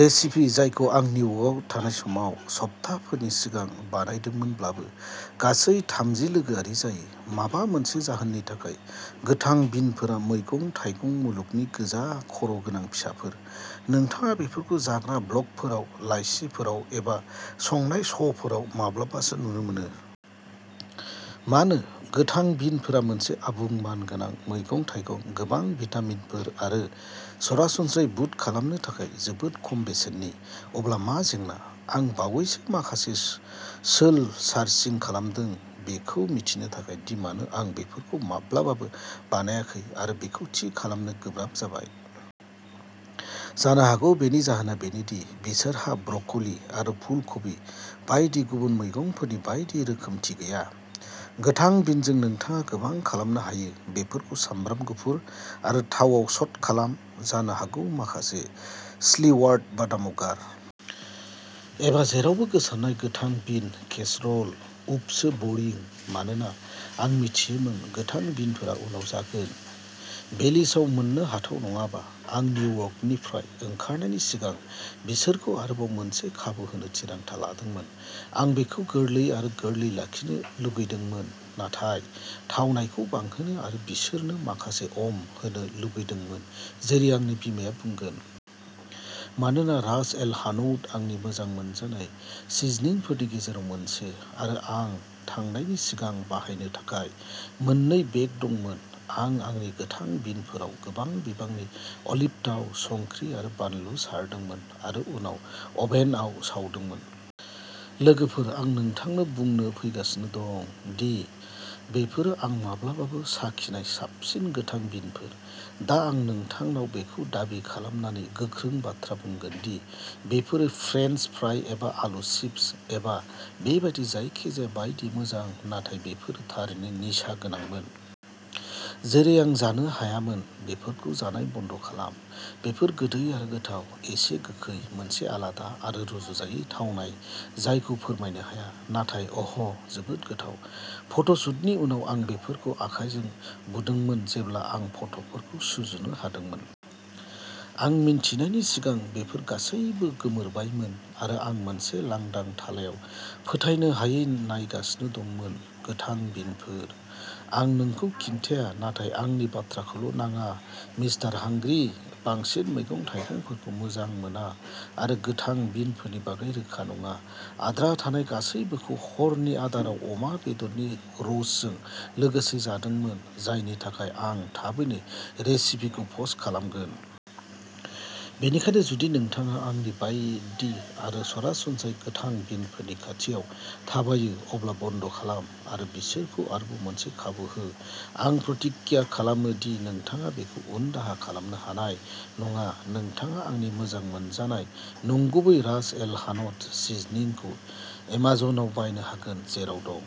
Recipe जायखौ आं निउयर्कआव थानाय समाव सप्ताहफोरनि सिगां बानायदोंमोनब्लाबो गासै थामजि लोगोआरि जायो। माबा मोनसे जाहोननि थाखाय गोथां बिनफोरा मैगं थाइगं मुलुगनि गोजा खर'गोनां फिसाफोर। नोंथाङा बेफोरखौ जाग्रा ब्लगफोराव लाइसिफोराव एबा संनाय श'फोराव माब्लाबासो नुनो मोनो। मानो गोथां बिनफोरा मोनसे आबुं मानगोनां मैगं-थाइगं गोबां भिटामिनफोर आरो सरासनस्रायै बुट खालामनो थाखाय जोबोद खम बेसेननि। अब्ला मा जेंना? आं बावैसो माखासे सोल सार्चिं खालामदों बेखौ मिथिनो थाखाय दि मानो आं बेफोरखौ माब्लाबाबो बानायाखै आरो बेखौ थि खालामनो गोब्राब जाबाय। जानो हागौ बेनि जाहोना बेनो दि बिसोरहा ब्रकलि आरो फुलकबि बायदि गुबुन मैगंफोरनि बायदि रोखोमथि गैया। गोथां बिनजों नोंथाङा गोबां खालामनो हायो बेफोरखौ सामब्राम गुफुर आरो थावाव स'ट खालाम, जानो हागौ माखासे स्लिवार्ड बादामआव गार। एबा जेरावबो गोसारनाय गोथां बिन केसर'ल। उफ सो बोरिं। मानोना आं मिथियोमोन गोथां बिनफोरा उनाव जागोन। बेलिजआव मोननो हाथाव नङाबा, आं निउयर्कनिफ्राय ओंखारनायनि सिगां बिसोरखौ आरोबाव मोनसे खाबु होनो थिरांथा लादोंमोन। आं बेखौ गोरलै आरो गोरलै लाखिनो लुगैदोंमोन, नाथाय थावनायखौ बांहोनो आरो बिसोरनो माखासे ओम्फ होनो लुगैदोंमोन, जेरै आंनि बिमाया बुंगोन। मानोना रास एल हानौत आंनि मोजां मोनजानाय सिजनिंफोरनि गेजेराव मोनसे आरो आं थांनायनि सिगां बाहायनो थाखाय मोननै बेग दंमोन आं आंनि गोथां बिनफोराव गोबां बिबांनि अलिभ थाव संख्रि आरो बानलु सारदोंमोन आरो उनाव अभेनआव सावदोंमोन। लोगोफोर, आं नोंथांनो बुंनो फैगासिनो दं दि बेफोरो आं माब्लाबाबो साखिनाय साबसिन गोथां बिनफोर। दा आं नोंथांनाव बेखौ दाबि खालामनानै गोख्रों बाथ्रा बुंगोन दि बेफोरो फ्रेन्स फ्राइ एबा आलु चिप्स एबा बेबादि जायखिजाया बायदि मोजां नाथाय बेफोरो थारैनो निसा गोनांमोन। जेरै आं जानो हायामोन। बेफोरखौ जानाय बन्द खालाम। बेफोर गोदै आरो गोथाव एसे गोखै मोनसे आलादा आरो रुजुजायै थावनाय जायखौ फोरमायनो हाया नाथाय अ'ह जोबोद गोथाव। फट'शूटनि उनाव आं बेफोरखौ आखाइजों बुदोंमोन जेब्ला आं फट'फोरखौ सुजुनो हादोंमोन। आं मिन्थिनायनि सिगां बेफोर गासैबो गोमोरबायमोन आरो आं मोनसे लांदां थालायाव फोथायनो हायै नायगासिनो दंमोन गोथां बिनफोर? आं नोंखौ खिन्थाया नाथाय आंनि बाथ्राखौल' नाङा मिस्टार हांग्रि बांसिन मैगं-थाइगंफोरखौ मोजां मोना आरो गोथां बिनफोरनि बागै रोखा नङा आद्रा थानाय गासैबोखौ हरनि आदाराव अमा बेदरनि रोस्टजों लोगोसे जादोंमोन जायनि थाखाय आं थाबैनो रेसिपिखौ पस्ट खालामगोन। बेनिखायनो जुदि नोंथाङा आंनि बायदि आरो सरासनस्रायै गोथां बिनफोरनि खाथियाव थाबायो, अब्ला बन्द खालाम आरो बिसोरखौ आरोबाव मोनसे खाबु हो आं प्रतिज्ञा खालामो दि नोंथाङा बेखौ उनदाहा खालामनो हानाय नङा नोंथाङा आंनि मोजां मोनजानाय नंगुबै रास एल हान'ट सिजनिंखौ एमेजनआव बायनो हागोन जेराव दं।